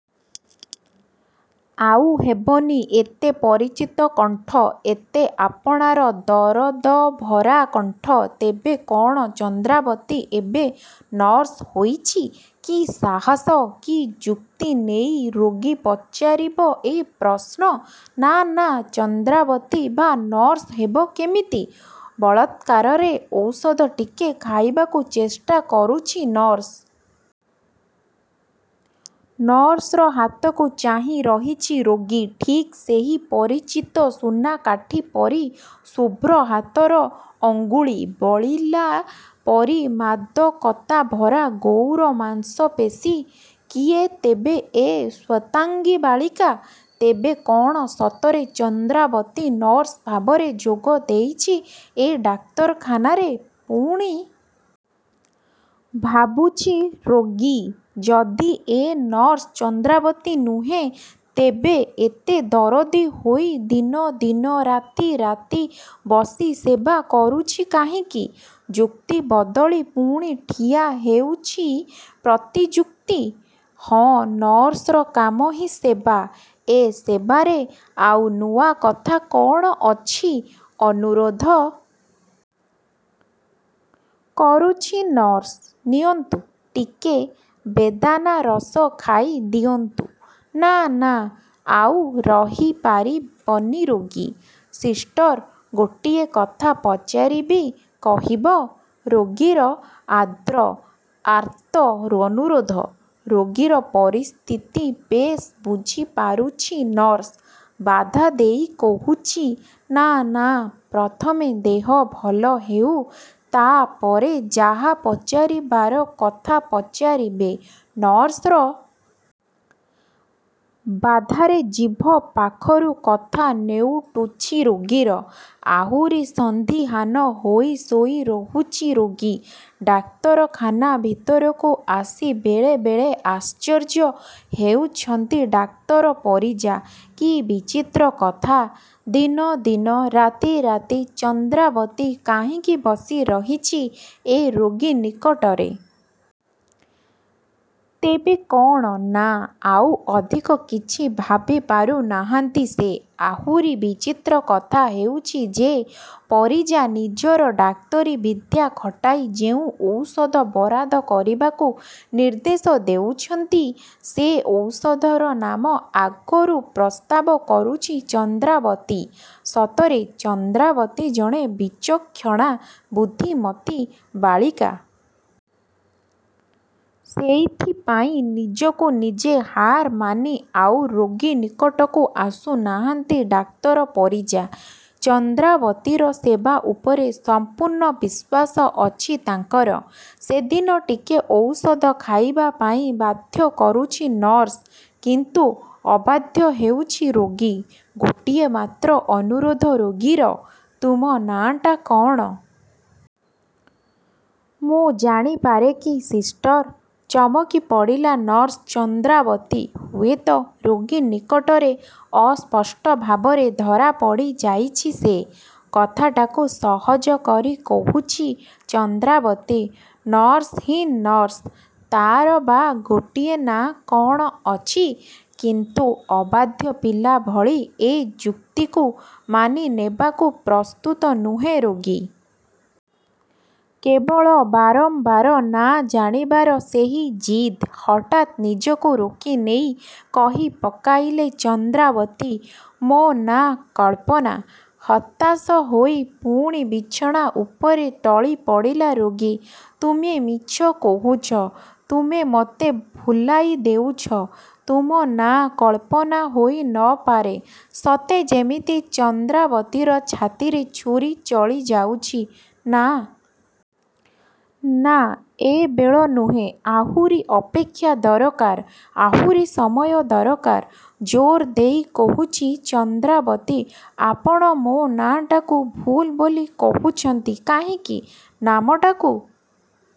ଆଉ ହେବନି ଏତେ ପରିଚିତ କଣ୍ଠ, ଏତେ ଆପଣାର ଦରଦଭରା କଣ୍ଠ। ତେବେ କ'ଣ ଚନ୍ଦ୍ରାବତୀ ଏବେ ନର୍ସ ହୋଇଛି? କି ସାହସ, କି ଯୁକ୍ତି ନେଇ ରୋଗୀ ପଚାରିବ ଏ ପ୍ରଶ୍ନ?“ନାଁ ନାଁ, ଚନ୍ଦ୍ରାବତୀ ବା ନର୍ସ ହେବ କେମିତି?”ବଳାତ୍କାରରେ ଔଷଧ ଟିକେ ଖୋଇବାକୁ ଚେଷ୍ଟା କରୁଛି ନର୍ସ। ନର୍ସର ହାତକୁ ଚାହିଁ ରହିଛି ରୋଗୀ। ଠିକ୍ ସେହି ପରିଚିତ ସୁନାକାଠି ପରି ଶୁଭ୍ର ହାତର ଅଙ୍ଗୁଳି। ବଳିଲା ପରି ମାଦକତା ଭରା ଗୌର ମାଂସପେଶୀ। କିଏ ତେବେ ଏ ଶ୍ୱେତାଙ୍ଗୀ ବାଳିକା? ତେବେ କ'ଣ ସତରେ ଚନ୍ଦ୍ରାବତୀ ନର୍ସ ଭାବରେ ଯୋଗଦେଇଛି ଏ ଡାକ୍ତରଖାନାରେ? ପୁଣି ଭାବୁଛି ରୋଗୀ। ଯଦି ଏ ନର୍ସ ଚନ୍ଦ୍ରାବତୀ ନୁହେଁ, ତେବେ ଏତେ ଦରଦୀ ହୋଇ ଦିନ ଦିନ, ରାତି ରାତି ବସି ସେବା କରୁଛି କାହିଁକି? ଯୁକ୍ତି ବଦଳି ପୁଣି ଠିଆ ହେଉଛି ପ୍ରତିଯୁକ୍ତି। ହଁ, ନର୍ସର କାମ ହିଁ ସେବା। ଏ ସେବାରେ ଆଉ ନୂଆ କଥା କ'ଣ ଅଛି? ଅନୁରୋଧ କରୁଛି ନର୍ସ, “ନିଅନ୍ତୁ, ଟିକେ ବେଦାନା ରସ ଖାଇ ଦିଅନ୍ତୁ।”“ନାଁ ନାଁ, ଆଉ ରହିପାରିବନି ରୋଗୀ।”“ସିଷ୍ଟର? ଗୋଟିଏ କଥା ପଚାରିବି, କହିବ?”ରୋଗୀର ଆର୍ଦ୍ର, ଆର୍ତ୍ତ ଅନୁରୋଧ। ରୋଗୀର ପରିସ୍ଥିତି ବେଶ୍ ବୁଝିପାରୁଛି ନର୍ସ। ବାଧା ଦେଇ କହୁଛି, “ନାଁ ନାଁ, ପ୍ରଥମେ ଦେହ ଭଲ ହେଉ, ତା'ପରେ ଯାହା ପଚାରିବାର କଥା ପଚାରିବେ।”ନର୍ସର ବାଧାରେ ଜିଭ ପାଖରୁ କଥା ନେଉଟୁଛି ରୋଗୀର। ଆହୁରି ସନ୍ଦିହାନ ହୋଇ ଶୋଇ ରହୁଛି ରୋଗୀ। ଡାକ୍ତରଖାନା ଭିତରକୁ ଆସି ବେଳେ ବେଳେ ଆଶ୍ଚର୍ଯ୍ୟ ହେଉଛନ୍ତି ଡାକ୍ତର ପରିଜା। କି ବିଚିତ୍ର କଥା! ଦିନ ଦିନ, ରାତି ରାତି ଚନ୍ଦ୍ରାବତୀ କାହିଁକି ବସି ରହିଛି ଏ ରୋଗୀ ନିକଟରେ? ତେବେ କ'ଣ? ନାଁ, ଆଉ ଅଧିକ କିଛି ଭାବିପାରୁ ନାହାଁନ୍ତି ସେ। ଆହୁରି ବିଚିତ୍ର କଥା ହେଉଛି ଯେ, ପରିଜା ନିଜର ଡାକ୍ତରୀ ବିଦ୍ୟା ଖଟାଇ ଯେଉଁ ଔଷଧ ବରାଦ କରିବାକୁ ନିର୍ଦ୍ଦେଶ ଦେଉଛନ୍ତି, ସେ ଔଷଧର ନାମ ଆଗରୁ ପ୍ରସ୍ତାବ କରୁଛି ଚନ୍ଦ୍ରାବତୀ। ସତରେ ଚନ୍ଦ୍ରାବତୀ ଜଣେ ବିଚକ୍ଷଣା, ବୁଦ୍ଧିମତୀ ବାଳିକା। ସେଇଥିପାଇଁ ନିଜକୁ ନିଜେ ହାରମାନି ଆଉ ରୋଗୀ ନିକଟକୁ ଆସୁ ନାହାଁନ୍ତି ଡାକ୍ତର ପରିଜା। ଚନ୍ଦ୍ରାବତୀର ସେବା ଉପରେ ସମ୍ପୂର୍ଣ୍ଣ ବିଶ୍ୱାସ ଅଛି ତାଙ୍କର। ସେଦିନ ଟିକେ ଔଷଧ ଖାଇବାପାଇଁ ବାଧ୍ୟ କରୁଛି ନର୍ସ। କିନ୍ତୁ ଅବାଧ୍ୟ ହେଉଛି ରୋଗୀ। ଗୋଟିଏ ମାତ୍ର ଅନୁରୋଧ ରୋଗୀର।“ତୁମ ନାଁଟା କ'ଣ? ମୁଁ ଜାଣିପାରେ କି, ସିଷ୍ଟର?”ଚମକି ପଡ଼ିଲା ନର୍ସ ଚନ୍ଦ୍ରାବତୀ। ହୁଏତ ରୋଗୀ ନିକଟରେ ଅସ୍ପଷ୍ଟ ଭାବରେ ଧରାପଡ଼ି ଯାଇଛି ସେ। କଥାଟାକୁ ସହଜ କରି କହୁଛି ଚନ୍ଦ୍ରାବତୀ।“ନର୍ସ ହିଁ ନର୍ସ। ତା'ର ବା ଗୋଟାଏ ନାଁ କ'ଣ ଅଛି?”କିନ୍ତୁ ଅବାଧ୍ୟ ପିଲା ଭଳି ଏ ଯୁକ୍ତିକୁ ମାନିନେବାକୁ ପ୍ରସ୍ତୁତ ନୁହେଁ ରୋଗୀ। କେବଳ ବାରମ୍ବାର ନାଁ ଜାଣିବାର ସେହି ଜିଦ୍। ହଠାତ୍ ନିଜକୁ ରୋକିନେଇ କହି ପକାଇଲା ଚନ୍ଦ୍ରାବତୀ, “ମୋ ନାଁ କଳ୍ପନା।”ହତାଶ ହୋଇ ପୁଣି ବିଛଣା ଉପରେ ଟଳିପଡ଼ିଲା ରୋଗୀ।“ତୁମେ ମିଛ କହୁଛ। ତୁମେ ମୋତେ ଭୁଲାଇ ଦେଉଛ। ତୁମ ନାଁ କଳ୍ପନା ହୋଇ ନ ପାରେ।”ସତେ ଯେମିତି ଚନ୍ଦ୍ରାବତୀର ଛାତିରେ ଛୁରୀ ଚଳି ଯାଉଛି। ନାଁ ନାଁ, ଏ ବେଳ ନୁହେଁ। ଆହୁରି ଅପେକ୍ଷା ଦରକାର, ଆହୁରି ସମୟ ଦରକାର। ଜୋର ଦେଇ କହୁଛି ଚନ୍ଦ୍ରାବତୀ, “ଆପଣ ମୋ ନାଁଟାକୁ ଭୁଲ୍ ବୋଲି କହୁଛନ୍ତି କାହିଁକି?”ନାମଟାକୁ.